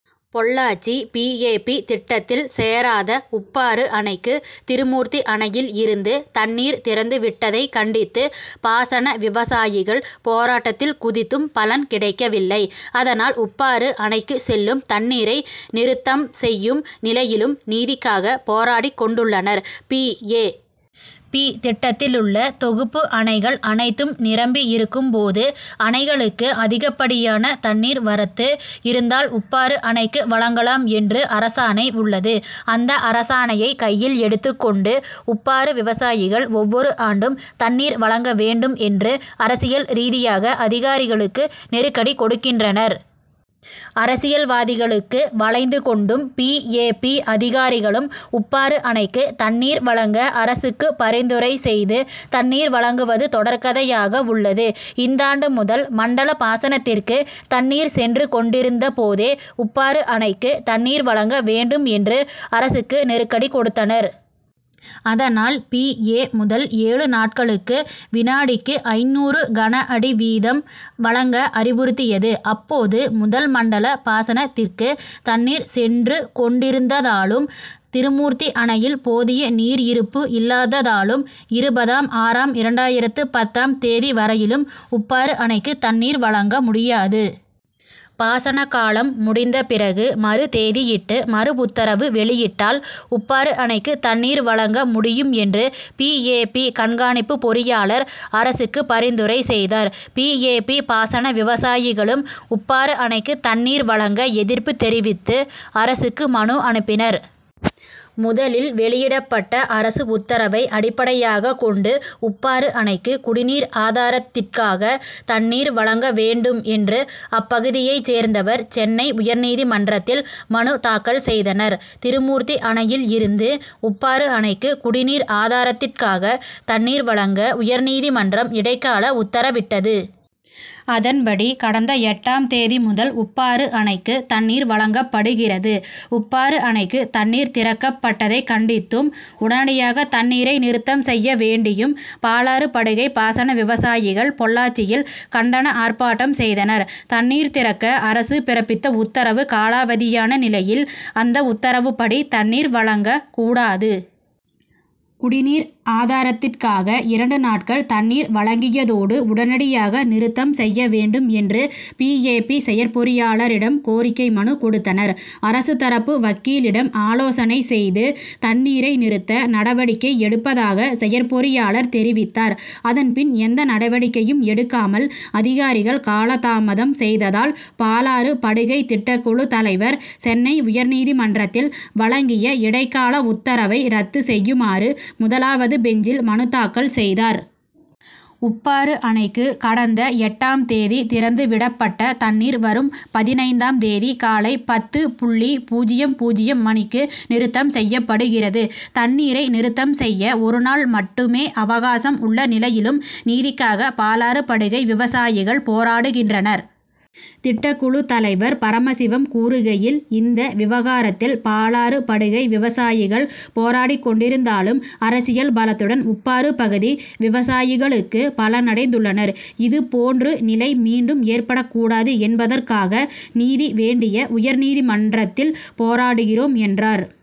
Pollachi P. A. P., திட்டத்தில் சேராத உப்பாறு அணைக்கு திருமூர்த்தி அணையில் இருந்து தண்ணீர் திறந்து விட்டதை கண்டித்து பாசன விவசாயிகள் போராட்டத்தில் குதித்தும் பலன் கிடைக்கவில்லை. அதனால், உப்பாறு அணைக்கு செல்லும் தண்ணீரை நிறுத்தம் செய்யும் நிலையிலும் நீதிக்காக போராடிக்கொண்டுள்ளனர். பி. ஏ. பி., திட்டத்திலுள்ள தொகுப்பு அணைகள் அனைத்தும் நிரம்பியிருக்கும் போது, அணைகளுக்கு அதிகப்படியான தண்ணீர் வரத்து இருந்தால் உப்பாறு அணைக்கு வழங்கலாம் என்று அரசாணை உள்ளது. அந்த அரசாணையை கையில் எடுத்துக்கொண்டு உப்பாறு விவசாயிகள் ஒவ்வொரு ஆண்டும் தண்ணீர் வழங்க வேண்டும் என்று அரசியல் ரீதியாக அதிகாரிகளுக்கு நெருக்கடி கொடுக்கின்றனர். அரசியல்வாதிகளுக்கு வளைந்து கொண்டும் பி. ஏ. பி., அதிகாரிகளும் உப்பாறு அணைக்கு தண்ணீர் வழங்க அரசுக்கு பரிந்துரை செய்து, தண்ணீர் வழங்குவது தொடர்கதையாக உள்ளது. இந்தாண்டு முதல் மண்டல பாசனத்திற்கு தண்ணீர் சென்று கொண்டிருந்த போதே உப்பாறு அணைக்கு தண்ணீர் வழங்க வேண்டும் என்று அரசுக்கு நெருக்கடி கொடுத்தனர். அதனால், பி. ஏ. முதல் ஏழு நாட்களுக்கு விநாடிக்கு ஐந்நூறு கனஅடி வீதம் வழங்க அறிவுறுத்தியது. அப்போது, முதல் மண்டல பாசனத்திற்கு தண்ணீர் சென்று கொண்டிருந்ததாலும், திருமூர்த்தி அணையில் போதிய நீர் இருப்பு இல்லாததாலும் இருபதாம் ஆறாம் இரண்டாயிரத்து பத்தாம் தேதி வரையிலும் உப்பாறு அணைக்கு தண்ணீர் வழங்க முடியாது. பாசன காலம் முடிந்த பிறகு மறுதேதியிட்டு மறுஉத்தரவு வெளியிட்டால் உப்பாறு அணைக்கு தண்ணீர் வழங்க முடியும் என்று பி. ஏ. பி., கண்காணிப்பு பொறியாளர் அரசுக்கு பரிந்துரை செய்தார். பி. ஏ. பி., பாசன விவசாயிகளும் உப்பாறு அணைக்கு தண்ணீர் வழங்க எதிர்ப்பு தெரிவித்து அரசுக்கு மனு அனுப்பினர். முதலில் வெளியிடப்பட்ட அரசு உத்தரவை அடிப்படையாக கொண்டு, உப்பாறு அணைக்கு குடிநீர் ஆதாரத்திற்காக தண்ணீர் வழங்க வேண்டும் என்று அப்பகுதியை சேர்ந்தவர் சென்னை உயர்நீதிமன்றத்தில் மனு தாக்கல் செய்தனர். திருமூர்த்தி அணையில் இருந்து உப்பாறு அணைக்கு குடிநீர் ஆதாரத்திற்காக தண்ணீர் வழங்க உயர்நீதிமன்றம் இடைக்கால உத்தரவிட்டது. அதன்படி, கடந்த எட்டாம் தேதி முதல் உப்பாறு அணைக்கு தண்ணீர் வழங்கப்படுகிறது. உப்பாறு அணைக்கு தண்ணீர் திறக்கப் பட்டதை கண்டித்தும், உடனடியாக தண்ணீரை நிறுத்தம் செய்ய வேண்டியும் பாலாறு படுகை பாசன விவசாயிகள் பொள்ளாச்சியில் கண்டன ஆர்ப்பாட்டம் செய்தனர். தண்ணீர் திறக்க அரசு பிறப்பித்த உத்தரவு காலாவதியான நிலையில் அந்த உத்தரவுப்படி தண்ணீர் வழங்க கூடாது. குடிநீர் ஆதாரத்திற்காக இரண்டு நாட்கள் தண்ணீர் வழங்கியதோடு உடனடியாக நிறுத்தம் செய்ய வேண்டும் என்று பி. ஏ. பி., செயற்பொறியாளரிடம் கோரிக்கை மனு கொடுத்தனர். அரசு தரப்பு வக்கீலிடம் ஆலோசனை செய்து தண்ணீரை நிறுத்த நடவடிக்கை எடுப்பதாக செயற்பொறியாளர் தெரிவித்தார். அதன்பின், எந்த நடவடிக்கையும் எடுக்காமல் அதிகாரிகள் காலதாமதம் செய்ததால், பாலாறு படுகை திட்டக்குழு தலைவர் சென்னை உயர்நீதிமன்றத்தில் வழங்கிய இடைக்கால உத்தரவை ரத்து செய்யுமாறு முதலாவது பெஞ்சில் மனுத்தாக்கல் செய்தார். உப்பாறு அணைக்கு கடந்த எட்டாம் தேதி திறந்து விடப்பட்ட தண்ணீர் வரும் பதினைந்தாம் தேதி காலை பத்து புள்ளி பூஜ்ஜியம் பூஜ்ஜியம் மணிக்கு நிறுத்தம் செய்யப்படுகிறது. தண்ணீரை நிறுத்தம் செய்ய ஒரு நாள் மட்டுமே அவகாசம் உள்ள நிலையிலும், நீதிக்காக பாலாறு படுகை விவசாயிகள் போராடுகின்றனர். திட்டக்குழு தலைவர் பரமசிவம் கூறுகையில், இந்த விவகாரத்தில் பாலாறு படுகை விவசாயிகள் போராடிக்கொண்டிருந்தாலும், அரசியல் பலத்துடன் உப்பாறு பகுதி விவசாயிகளுக்கு பலனடைந்துள்ளனர். இது போன்று நிலை மீண்டும் ஏற்படக்கூடாது என்பதற்காக நீதி வேண்டிய உயர்நீதிமன்றத்தில் போராடுகிறோம் என்றார்.